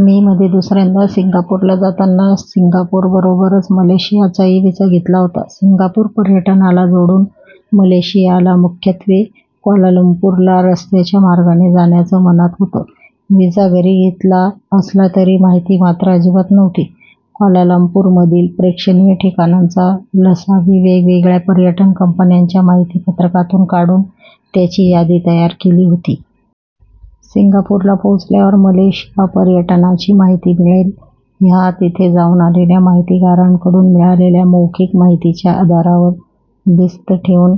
मे मधे दुसऱ्यांदा सिंगापूरला जाताना, सिंगापूर बरोबरच मलेशियाचाही व्हिसा घेतला होता. सिंगापूर पर्यटनाला जोडून मलेशियाला, मुख्यत्वे क्वालालंपूरला रस्त्याच्या मार्गाने जाण्याचं मनात होतं. व्हिसा जरी घेतला असला तरी माहिती मात्र अजिबात नव्हती. क्वालालंपूरमधील प्रेक्षणीय ठिकाणांचा 'लसावि' वेगवेगळ्या पर्यटन कंपन्यांच्या माहितीपत्रकांतून काढून त्याची यादी तयार केली होती. 'सिंगापूरला पोहोचल्यावर मलेशिया पर्यटनाची माहिती मिळेल' ह्या तिथे जाऊन आलेल्या 'माहितगारांकडून' मिळालेल्या मौखिक माहितीच्या आधारावर भिस्त ठेवून,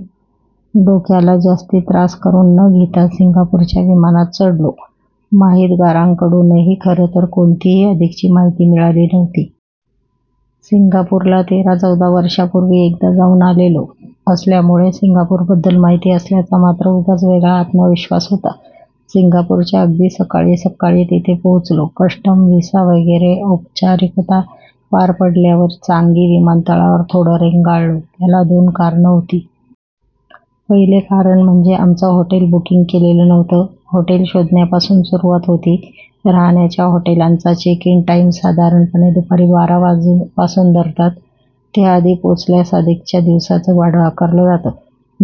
डोक्याला जास्ती त्रास करून न घेता सिंगापूरच्या विमानात चढलो. माहितगारांकडूनही खरंतर कोणतीही अधिकची माहिती मिळाली नव्हती. सिंगापूरला तेरा- चौदा वर्षांपूर्वी, एकदा जाऊन आलेलो असल्यामुळे, सिंगापूरबद्दल माहिती असल्याचा मात्र उगाच वेगळा आत्मविश्वास होता. सिंगापूरच्या अगदी सक्काळी सक्काळी तिथे पोहोचलो. कस्टम, व्हिसा वगैरे औपचारिकता पार पडल्यावर, चांगी विमानतळावर थोडं रेंगाळलो. त्याला दोन कारणं होती. पहिलं कारण म्हणजे, आमचं हॉटेल बुकिंग केलेलं नव्हतं. हॉटेल शोधण्यापासून सुरुवात होती. राहण्याच्या हॉटेलांचा 'चेक इन टाईम' साधारणपणे दुपारी बारा पासून धरतात, त्याआधी पोहोचल्यास अधिकच्या दिवसाचं भाडं आकारलं जातं.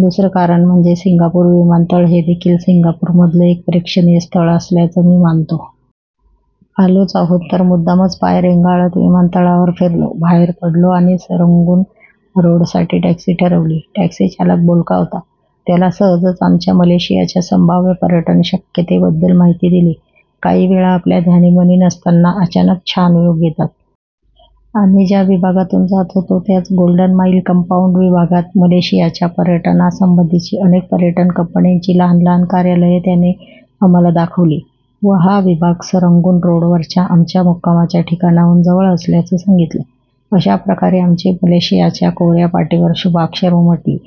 दुसरं कारण म्हणजे सिंगापूर विमानतळ हे देखील सिंगापूरमधलं एक प्रेक्षणीय स्थळ असल्याचं मी मानतो. आलोच आहोत तर मुद्दामच पाय रेंगाळत, विमानतळावर फिरलो. बाहेर पडलो आणि सरंगून रोडसाठी टॅक्सी ठरवली. टॅक्सी चालक बोलका होता. त्याला सहजच आमच्या मलेशियाच्या संभाव्य पर्यटन शक्यतेबद्दल माहिती दिली. काही वेळा, आपल्या ध्यानीमनी नसताना अचानक छान योग येतात. आम्ही ज्या विभागातून जात होतो त्याच 'गोल्डन माईल कंपाउंड' विभागात मलेशियाच्या पर्यटनासंबंधीची अनेक पर्यटन कंपन्यांची लहान लहान कार्यालयं त्याने आम्हाला दाखवली व हा विभाग सरंगून रोडवरच्या आमच्या मुक्कामाच्या ठिकाणाहून जवळ असल्याचं सांगितलं. अशाप्रकारे आमच्या मलेशियाच्या कोऱ्या पाटीवर शुभाक्षरं उमटली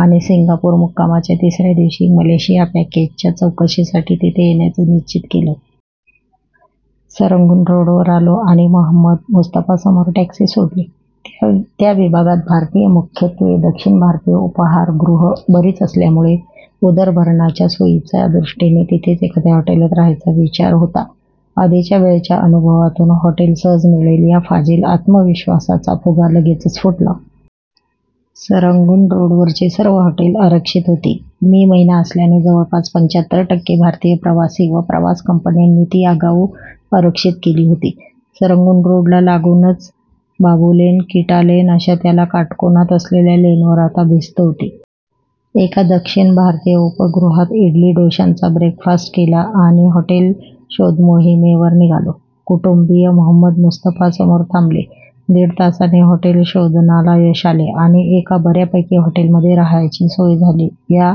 आणि सिंगापूर मुक्कामाच्या तिसऱ्या दिवशी मलेशिया पॅकेजच्या चौकशीसाठी तिथे येण्याचं निश्चित केलं. सरंगून रोडवर आलो आणि 'महंमद मुस्तफा'समोर टॅक्सी सोडली. त्या विभागात भारतीय, मुख्यत्वे दक्षिण भारतीय उपहारगृह बरीच असल्यामुळे, उदरभरणाच्या सोयीच्या दृष्टीने, तिथेच एखाद्या हॉटेलात राहायचा विचार होता. आधीच्या वेळच्या अनुभवातून हॉटेल सहज मिळेल ह्या फाजील आत्मविश्वासाचा फुगा लगेचच फुटला. सरंगून रोडवरची सर्व हॉटेलं आरक्षित होती. मे महिना असल्याने जवळपास पंच्याहत्तर टक्के भारतीय प्रवासी व प्रवास कंपन्यांनी ती आगाऊ आरक्षित केली होती. सरंगून रोडला लागूनच्या बाबू लेन, किंटा लेन अशा त्याला काटकोनात असलेल्या लेनवर आता भिस्त होती. एका दक्षिण भारतीय उपहारगृहात इडली, डोशांचा ब्रेकफास्ट केला आणि हॉटेल शोधमोहिमेवर निघालो. कुटुंबीय महंमद मुस्तफासमोर थांबले. दीड तासाने हॉटेल शोधनाला यश आलं आणि एका बऱ्यापैकी हॉटेलमध्ये राहायची सोय झाली. ह्या